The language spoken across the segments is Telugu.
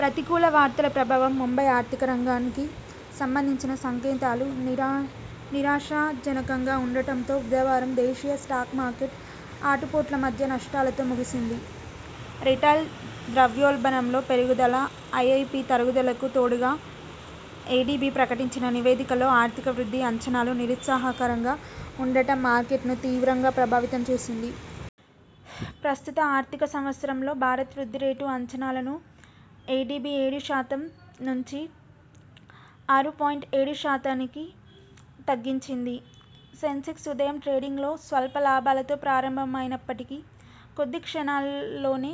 ప్రతికూల వార్తల ప్రభావం ముంబై ఆర్థిక రంగానికి సంబంధించిన సంకేతాలు నిరా నిరాశా జనకంగా ఉండటంతో బుధవారం దేశీయ స్టాక్ మార్కెట్ ఆటు పోట్ల మధ్య నష్టాలతో ముగిసింది. రిటైల్ ద్రవ్యోల్బణంలో పెరుగుదల, ఐఐపి తరుగుదలకు తోడుగా ఎడిబి ప్రకటించిన నివేదికలో ఆర్థిక వృద్ధి అంచనాలు నిరుత్సాహకరంగా ఉండటం మార్కెట్ను తీవ్రంగా ప్రభావితం చేసింది. ప్రస్తుత ఆర్థిక సంవత్సరంలో భారత్ వృద్ధి రేటు అంచనాలను ఎడిబి ఏడు శాతం నుంచి ఆరు పాయింట్ ఏడు శాతానికి తగ్గించింది. సెన్సెక్స్ ఉదయం ట్రేడింగ్లో స్వల్ప లాభాలతో ప్రారంభమైనప్పటికీ కొద్ది క్షణాల్లోనే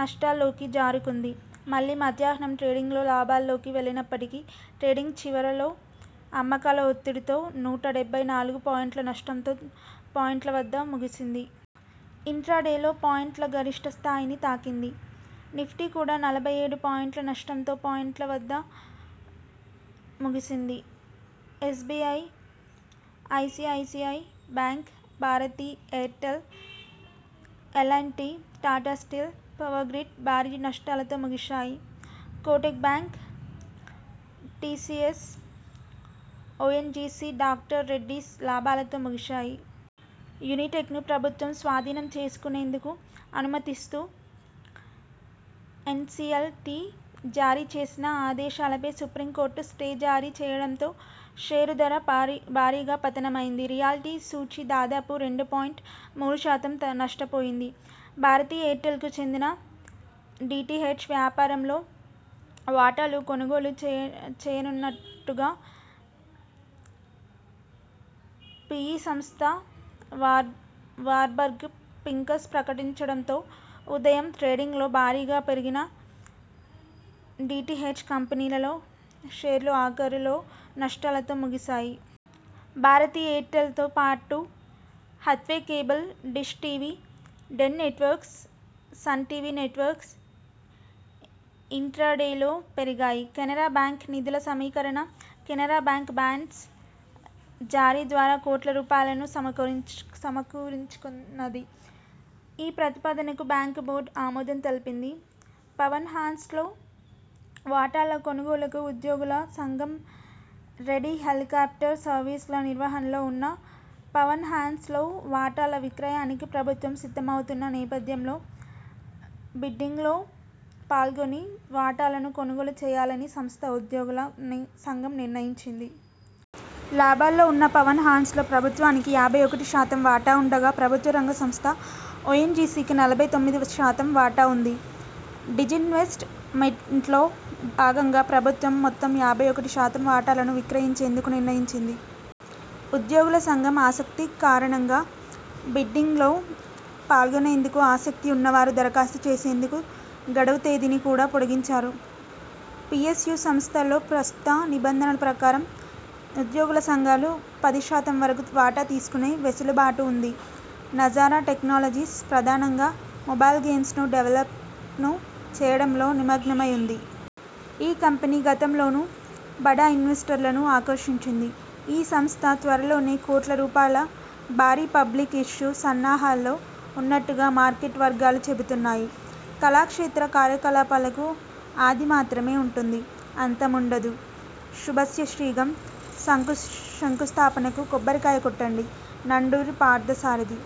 నష్టాల్లోకి జారుకుంది. మళ్లీ మధ్యాహ్నాం ట్రేడింగ్లో లాభాల్లోకి వెళ్లినప్పటికీ ట్రేడింగ్ చివరలో అమ్మకాల ఒత్తిడితో నూట డెబ్బై నాలుగు పాయింట్ల నష్టంతో పాయింట్ల వద్ద ముగిసింది. ఇంట్రాడేలో పాయింట్ల గరిష్ఠ స్థాయిని తాకింది. నిఫ్టీ కూడా నలభై ఏడు పాయింట్ల నష్టంతో పాయింట్ల వద్ద ముగిసింది SBI, ICICI Bank, Bharti Airtel, L and T, Tata Steel, Power Grid భారీ నష్టాలతో ముగిశాయి. Kotak Bank, T C S, O N G C, Doctor Reddy's లాభాలతో ముగిశాయి. యునిటెక్ను ప్రభుత్వం స్వాధీనం చేసుకునేందుకు అనుమతినిస్తూ ఎన్ సి ఎల్ టి జారీ చేసిన ఆదేశాలపై సుప్రీంకోర్టు స్టే జారీ చేయడంతో షేరు ధర భారీగా పతనమైంది. రియల్టీ సూచీ దాదాపు రెండు పాయింట్ మూడు శాతం నష్టపోయింది. భారతి ఎయిర్టెల్కు చెందిన డి టి హెచ్ వ్యాపారంలో వాటాలు కొనుగోలు చేయనున్నట్టుగా పి ఇ సంస్థ వార్బర్గ్ పింకస్ ప్రకటించడంతో ఉదయం ట్రేడింగ్లో భారీగా పెరిగిన డి టి హెచ్ కంపెనీలలో షేర్లు ఆఖరులో నష్టాలతో ముగిసాయి. భారతి ఎయిర్టెల్తో పాటు Hathway Cable, Dish TV, Den Networks, Sun TV Networks ఇంట్రాడేలో పెరిగాయి. కెనరా బ్యాంక్ నిధుల సమీకరణ కెనరా బ్యాంక్ బాండ్స్ జారీ ద్వారా కోట్ల రూపాయలను సమకురించుకున్నది. ఈ ప్రతిపాదనకు బ్యాంకు బోర్డు ఆమోదం తెలిపింది. పవన్ హాన్స్ లో వాటాల కొనుగోలుకు ఉద్యోగుల సంఘం రెడీ హెలీకాప్టర్ సర్వీసుల నిర్వహణలో ఉన్న పవన్ హాన్స్ లో వాటాల విక్రయానికి ప్రభుత్వం సిద్ధమవుతున్న నేపథ్యంలో బిడ్డింగ్లో పాల్గొని వాటాలను కొనుగోలు చేయాలని సంస్థ ఉద్యోగుల సంఘం నిర్ణయించింది. లాభాల్లో ఉన్న పవన్ హాన్స్ లో ప్రభుత్వానికి యాభై ఒకటి శాతం వాటా ఉండగా ప్రభుత్వ రంగ సంస్థ ఒ ఎన్ జి సి కి నలభై తొమ్మిది శాతం వాటా ఉంది. డిజిన్వెస్ట్ మెంట్లో భాగంగా ప్రభుత్వం మొత్తం యాభై ఒకటి శాతం వాటాలను విక్రయించేందుకు నిర్ణయించింది. ఉద్యోగుల సంఘం ఆసక్తి కారణంగా బిడ్డింగ్లో పాల్గొనేందుకు ఆసక్తి ఉన్నవారు దరఖాస్తు చేసేందుకు గడువు తేదీని కూడా పొడిగించారు. పి ఎస్ యు సంస్థల్లో ప్రస్తుత నిబంధనల ప్రకారం ఉద్యోగుల సంఘాలు పది శాతం వరకు వాటా తీసుకునే వెసులుబాటు ఉంది. నజారా టెక్నాలజీస్ ప్రధానంగా మొబైల్ గేమ్స్ ను డెవలప్ను చేయడంలో నిమగ్నమై ఉంది. ఈ కంపెనీ గతంలోనూ బడా ఇన్వెస్టర్లను ఆకర్షించింది. ఈ సంస్థ త్వరలోనే కోట్ల రూపాయల భారీ పబ్లిక్ ఇష్యూ సన్నాహాల్లో ఉన్నట్టుగా మార్కెట్ వర్గాలు చెబుతున్నాయి. కళాక్షేత్ర కార్యకలాపాలకు 'ఆది' మాత్రమే ఉంటుంది. 'అంతం' ఉండదు. శుభస్య శీఘ్రం. శంకుస్థాపనకు కొబ్బరికాయ కొట్టండి. నండూరి పార్థసారథి